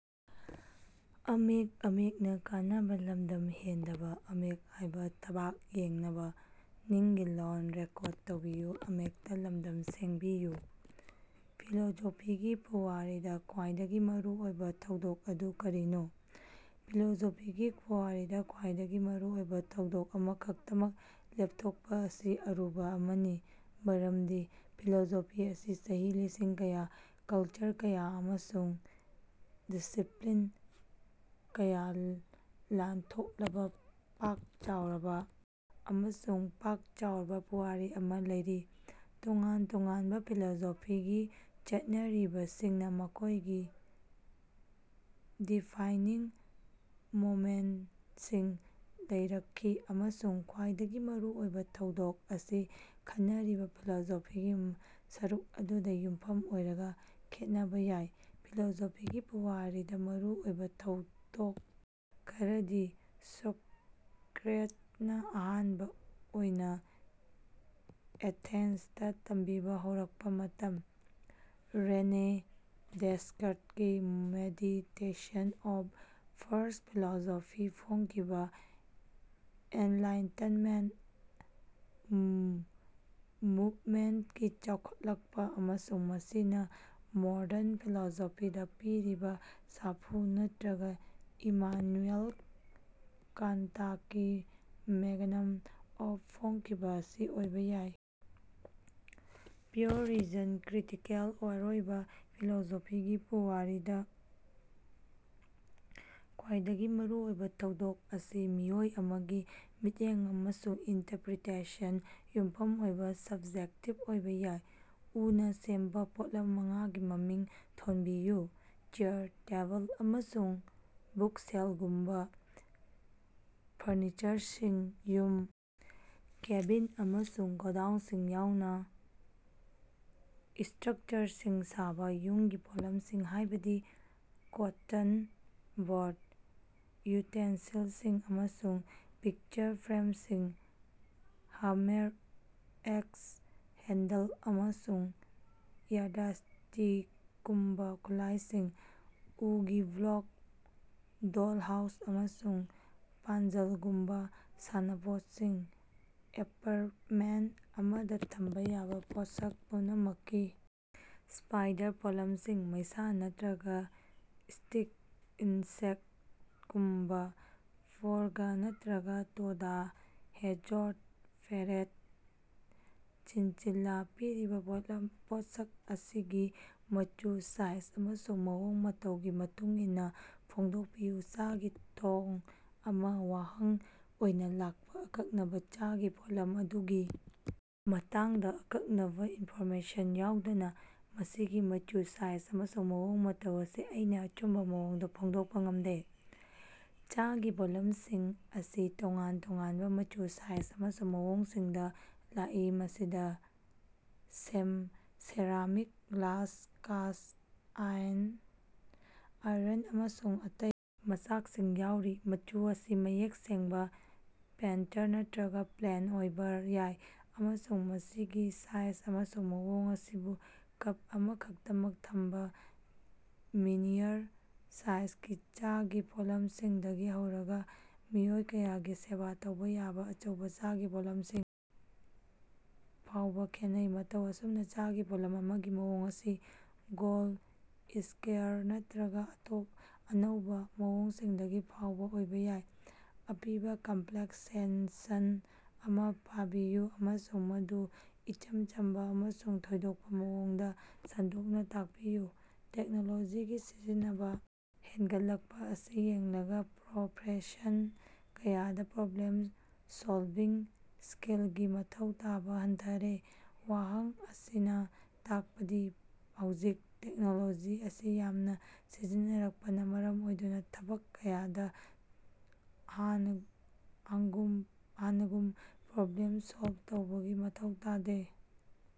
ꯐꯤꯂꯣꯁꯣꯐꯤꯒꯤ ꯄꯨꯋꯥꯔꯤꯗ ꯈ꯭ꯋꯥꯏꯗꯒꯤ ꯃꯔꯨ ꯑꯣꯏꯕ ꯊꯧꯗꯣꯛ ꯑꯗꯨ ꯀꯔꯤꯅꯣ? ꯐꯤꯂꯣꯁꯣꯐꯤꯒꯤ ꯄꯨꯋꯥꯔꯤꯗ ꯈ꯭ꯋꯥꯏꯗꯒꯤ ꯃꯔꯨ ꯑꯣꯏꯕ ꯊꯧꯗꯣꯛ ꯑꯃꯈꯛꯇꯃꯛ ꯂꯦꯞꯊꯣꯛꯄ ꯑꯁꯤ ꯑꯔꯨꯕ ꯑꯃꯅꯤ ꯃꯔꯝꯗꯤ ꯐꯤꯂꯣꯁꯣꯐꯤ ꯑꯁꯤ ꯆꯍꯤ ꯂꯤꯁꯤꯡ ꯀꯌꯥ ꯀꯜꯆꯔ ꯀꯌꯥ ꯑꯃꯁꯨꯡ ꯗꯤꯁꯤꯄ꯭ꯂꯤꯟ ꯀꯌꯥ ꯂꯥꯟꯊꯣꯛꯂꯕ ꯄꯥꯛ ꯆꯥꯎꯔꯕ ꯑꯃꯁꯨꯡ ꯄꯥꯛ ꯆꯥꯎꯔꯕ ꯄꯨꯋꯥꯔꯤ ꯑꯃꯥ ꯂꯩꯔꯤ꯫ ꯇꯣꯉꯥꯟ ꯇꯣꯉꯥꯟꯕ ꯐꯤꯂꯣꯁꯣꯐꯤꯒꯤ ꯆꯠꯅꯔꯤꯕꯁꯤꯡꯅ ꯃꯈꯣꯏꯒꯤ ꯗꯤꯐꯥꯏꯡꯅꯤꯡ ꯃꯣꯃꯦꯟꯇꯁꯤꯡ ꯂꯩꯔꯛꯈꯤ ꯑꯃꯁꯨꯡ ꯈ꯭ꯋꯥꯏꯗꯒꯤ ꯃꯔꯨ ꯑꯣꯏꯕ ꯊꯧꯗꯣꯛ ꯑꯁꯤ ꯈꯟꯅꯔꯤꯕ ꯐꯤꯂꯣꯁꯣꯐꯤꯒꯤ ꯁꯔꯨꯛ ꯑꯗꯨꯗ ꯌꯨꯝꯐꯝ ꯑꯣꯏꯔꯒ ꯈꯦꯠꯅꯕ ꯌꯥꯏ꯫ ꯐꯤꯂꯣꯁꯣꯐꯤꯒꯤ ꯄꯨꯋꯥꯔꯤꯗ ꯃꯔꯨ ꯑꯣꯏꯕ ꯊꯧꯗꯣꯛ ꯈꯔꯗꯤ ꯁꯣꯀꯔꯦꯇꯁꯅ ꯑꯍꯥꯟꯕ ꯑꯣꯏꯅ ꯑꯦꯊꯦꯟꯁꯇ ꯇꯝꯕꯤꯕ ꯍꯧꯔꯛꯄ ꯃꯇꯝ ꯔꯦꯅꯦ ꯗꯦꯁ꯭ꯀꯔꯠꯀꯤ ꯃꯦꯗꯤꯇꯦꯁꯟ ꯑꯣꯟ ꯐꯥꯔꯁ ꯐꯤꯂꯣꯁꯣꯐꯤ ꯐꯣꯡꯈꯤꯕ ꯑꯦꯟꯂꯥꯏꯇꯦꯟꯃꯦꯟꯇ ꯃꯨꯕꯃꯦꯟꯇꯀꯤ ꯆꯥꯎꯈꯠꯂꯛꯄ ꯑꯃꯁꯨꯡ ꯃꯁꯤꯅ ꯃꯣꯗꯔꯟ ꯐꯤꯂꯣꯁꯣꯐꯤꯗ ꯄꯤꯔꯤꯕ ꯁꯥꯐꯨ ꯅꯠꯇ꯭ꯔꯒꯥ ꯏꯃꯥꯅꯨꯌꯦꯜ ꯀꯥꯟꯇꯀꯤ ꯃꯦꯒ꯭ꯅꯝ ꯑꯣꯄ ꯐꯣꯡꯈꯤꯕ ꯑꯁꯤ ꯑꯣꯏꯕ ꯌꯥꯏ꯫ ꯄ꯭ꯌꯨꯔ ꯔꯤꯖꯟ ꯀ꯭ꯔꯤꯇꯤꯀꯦꯜ ꯑꯣꯔꯣꯏꯕ ꯐꯤꯂꯣꯁꯣꯐꯤꯒꯤ ꯄꯨꯋꯥꯔꯤꯗ ꯈ꯭ꯋꯥꯏꯗꯒꯤ ꯃꯔꯨ ꯑꯣꯏꯕ ꯊꯧꯗꯣꯛ ꯑꯁꯤ ꯃꯤꯑꯣꯏ ꯑꯃꯒꯤ ꯃꯤꯠꯌꯦꯡ ꯑꯃꯁꯨꯡ ꯏꯟꯇꯔꯄꯔꯤꯇꯦꯁꯟꯗ ꯌꯨꯝꯐꯝ ꯑꯣꯏꯕ ꯁꯕ꯭ꯖꯦꯛꯇꯤꯕ ꯑꯣꯏꯕ ꯌꯥꯏ꯫ ꯎꯅ ꯁꯦꯝꯕ ꯄꯣꯠꯂꯝ ꯃꯉꯥꯒꯤ ꯃꯃꯤꯡ ꯊꯣꯟꯕꯤꯌꯨ꯫ ꯆꯦ꯭ꯌꯔ, ꯇꯦꯕꯜ ꯑꯃꯁꯨꯡ ꯕꯨꯛꯁꯦꯜꯒꯨꯝꯕꯥ ꯐꯔꯅꯤꯆꯔꯁꯤꯡ꯫ ꯌꯨꯝ ꯀꯦꯕꯤꯟ ꯑꯃꯁꯨꯡ ꯒꯣꯗꯥꯎꯟꯁꯤꯡ ꯌꯥꯎꯅ ꯏꯁ꯭ꯇꯔꯛꯆꯔꯁꯤꯡ ꯁꯥꯕ꯫ ꯌꯨꯝꯒꯤ ꯄꯣꯠꯂꯝꯁꯤꯡ ꯍꯥꯏꯕꯗꯤ ꯀꯣꯠꯇꯟ ꯕꯣꯔꯗ ꯌꯨꯇꯦꯟꯁꯤꯜꯁꯤꯡ ꯑꯃꯁꯨꯡ ꯄꯤꯛꯆꯔ ꯐ꯭ꯔꯦꯝꯁꯤꯡ꯫ ꯍꯥꯃꯦꯔ ꯑꯦꯛꯁ ꯍꯦꯟꯗꯜ ꯑꯃꯁꯨꯡ ꯌꯥꯔꯗꯏꯁ꯭ꯇꯤꯒꯨꯝꯕ ꯈꯨꯠꯂꯥꯏꯁꯤꯡ꯫ ꯎꯒꯤ ꯕ꯭ꯂꯣꯛ ꯗꯣꯜꯍꯥꯎꯁ ꯑꯃꯁꯨꯡ ꯄꯥꯖꯜꯒꯨꯝꯕ ꯁꯥꯟꯅꯄꯣꯠꯁꯤꯡ ꯑꯦꯄꯥꯔꯇꯃꯦꯟꯇ ꯑꯃꯗ ꯊꯝꯕ ꯌꯥꯕ ꯄꯣꯠꯁꯛ ꯄꯨꯝꯅꯃꯛꯀꯤ ꯁ꯭ꯄꯥꯏꯗꯔ ꯄꯣꯠꯁꯛꯁꯤꯡ ꯃꯩꯁꯥ ꯅꯠꯇ꯭ꯔꯒꯥ ꯁ꯭ꯇꯤꯛ ꯏꯟꯁꯦꯛꯇꯒꯨꯝꯕ ꯐ꯭ꯔꯣꯒ ꯅꯠꯇ꯭ꯔꯒ ꯇꯣꯗ ꯍꯦꯓꯣꯒ ꯐꯦꯔꯦꯠ ꯆꯤꯟꯆꯤꯂꯥ꯫ ꯄꯤꯔꯤꯕ ꯄꯣꯠꯂꯝ ꯄꯣꯠꯁꯛ ꯑꯁꯤꯒꯤ ꯃꯆꯨ ꯁꯥꯏꯖ ꯑꯃꯁꯨꯡ ꯃꯑꯣꯡ ꯃꯇꯧꯒꯤ ꯃꯇꯨꯡ ꯏꯟꯅ ꯐꯣꯡꯗꯣꯛꯄꯤꯌꯨ꯫ ꯆꯥꯒꯤ ꯊꯣꯡ ꯑꯃ꯫ ꯋꯥꯍꯪ ꯑꯣꯏꯅ ꯂꯥꯛꯄ ꯑꯀꯛꯅꯕ ꯆꯥꯒꯤ ꯄꯣꯠꯂꯝ ꯑꯗꯨꯒꯤ ꯃꯇꯥꯡꯗ ꯑꯀꯛꯅꯕ ꯏꯟꯐꯣꯔꯃꯦꯁꯟ ꯌꯥꯎꯗꯅ ꯃꯁꯤꯒꯤ ꯃꯆꯨ, ꯁꯥꯏꯖ ꯑꯃꯁꯨꯡ ꯃꯑꯣꯡ ꯃꯇꯧ ꯑꯁꯤ ꯑꯩꯅ ꯑꯆꯨꯝꯕ ꯃꯑꯣꯡꯗ ꯐꯣꯡꯗꯣꯛꯄ ꯉꯝꯗꯦ꯫ ꯆꯥꯒꯤ ꯄꯣꯠꯂꯝꯁꯤꯡ ꯑꯁꯤ ꯇꯣꯉꯥꯟ ꯇꯣꯉꯥꯟꯕ ꯃꯆꯨ, ꯁꯥꯏꯖ ꯑꯃꯁꯨꯡ ꯃꯑꯣꯡꯁꯤꯡꯗ ꯂꯥꯛꯏ, ꯃꯁꯤꯗ ꯁꯦꯝ ꯁꯦꯔꯥꯃꯤꯛ, ꯒ꯭ꯂꯥꯁ, ꯀꯥꯁ ꯑꯥ꯭ꯏꯟ ꯑꯥꯏꯔꯟ ꯑꯃꯁꯨꯡ ꯑꯇꯩ ꯃꯆꯥꯛꯁꯤꯡ ꯌꯥꯎꯔꯤ꯫ ꯃꯆꯨ ꯑꯁꯤ ꯃꯌꯦꯛ ꯁꯦꯡꯕ ꯄꯦꯇꯔꯟ ꯅꯠꯇ꯭ꯔꯒꯥ ꯄ꯭ꯂꯦꯟ ꯑꯣꯏꯕ ꯌꯥꯏ ꯑꯃꯁꯨꯡ ꯃꯁꯤꯒꯤ ꯁꯥꯏꯖ ꯑꯃꯁꯨꯡ ꯃꯑꯣꯡ ꯑꯁꯤꯕꯨ ꯀꯞ ꯑꯃꯈꯛꯇꯃꯛ ꯊꯝꯕ ꯃꯤꯅꯤꯌꯔ ꯁꯥꯏꯖꯒꯤ ꯆꯥꯒꯤ ꯄꯣꯠꯂꯝꯁꯤꯡꯗꯒꯤ ꯍꯧꯔꯒꯥ ꯃꯤꯑꯣꯏ ꯀꯌꯥꯒꯤ ꯁꯦꯕ ꯇꯧꯕ ꯌꯥꯕ ꯑꯆꯧꯕ ꯆꯥꯒꯤ ꯄꯣꯠꯂꯝꯁꯤꯡ ꯐꯥꯎꯕ ꯈꯦꯠꯅꯩ꯫ ꯃꯇꯧ ꯑꯁꯨꯝꯅ ꯆꯥꯒꯤ ꯄꯣꯠꯂꯝ ꯑꯃꯒꯤ ꯃꯑꯣꯡ ꯑꯁꯤ ꯒꯣꯜꯗ ꯏꯁ꯭ꯀꯌꯥꯔ ꯅꯠꯇ꯭ꯔꯒꯥ ꯑꯇꯣꯞ ꯑꯅꯧꯕ ꯃꯑꯣꯡꯁꯤꯡꯗꯒꯤ ꯐꯥꯎꯕ ꯑꯣꯏꯕ ꯌꯥꯏ꯫ ꯑꯄꯤꯕ ꯀꯝꯄ꯭ꯂꯦꯛꯁ ꯁꯦꯟꯁꯟ ꯑꯃ ꯄꯥꯕꯤꯌꯨ ꯑꯃꯁꯨꯡ ꯃꯗꯨ ꯏꯆꯝ ꯆꯝꯕ ꯑꯃꯁꯨꯡ ꯊꯣꯏꯗꯣꯛꯄ ꯃꯑꯣꯡꯗ ꯁꯟꯗꯣꯛꯅ ꯇꯥꯛꯄꯤꯌꯨ꯫ ꯇꯦꯛꯅꯣꯂꯣꯖꯤꯒꯤ ꯁꯤꯖꯤꯟꯅꯕ ꯍꯦꯟꯒꯠꯂꯛꯄ ꯑꯁꯤ ꯌꯦꯡꯂꯒ ꯄ꯭ꯔꯣꯐꯦꯁꯟ ꯀꯌꯥꯗ ꯄ꯭ꯔꯣꯕ꯭ꯂꯦꯝ ꯁꯣꯜꯕꯤꯡ ꯁ꯭ꯀꯤꯜꯒꯤ ꯃꯊꯧ ꯇꯥꯕ ꯍꯟꯊꯔꯦ꯫ ꯋꯥꯍꯪ ꯑꯁꯤꯅ ꯇꯥꯛꯄꯗꯤ ꯍꯧꯖꯤꯛ ꯇꯦꯛꯅꯣꯂꯣꯖꯤ ꯑꯁꯤ ꯌꯥꯝꯅ ꯁꯤꯖꯤꯟꯅꯔꯛꯄꯅ ꯃꯔꯝ ꯑꯣꯏꯗꯨꯅ ꯊꯕꯛ ꯀꯌꯥꯗ ꯍꯥꯟꯅ ꯑꯒꯨꯝ ꯍꯥꯥꯟꯅꯒꯨꯝ ꯄ꯭ꯔꯣꯕ꯭ꯂꯦꯝ ꯁꯣꯜꯕ ꯇꯧꯕꯒꯤ ꯃꯊꯧ ꯇꯥꯗꯦ꯫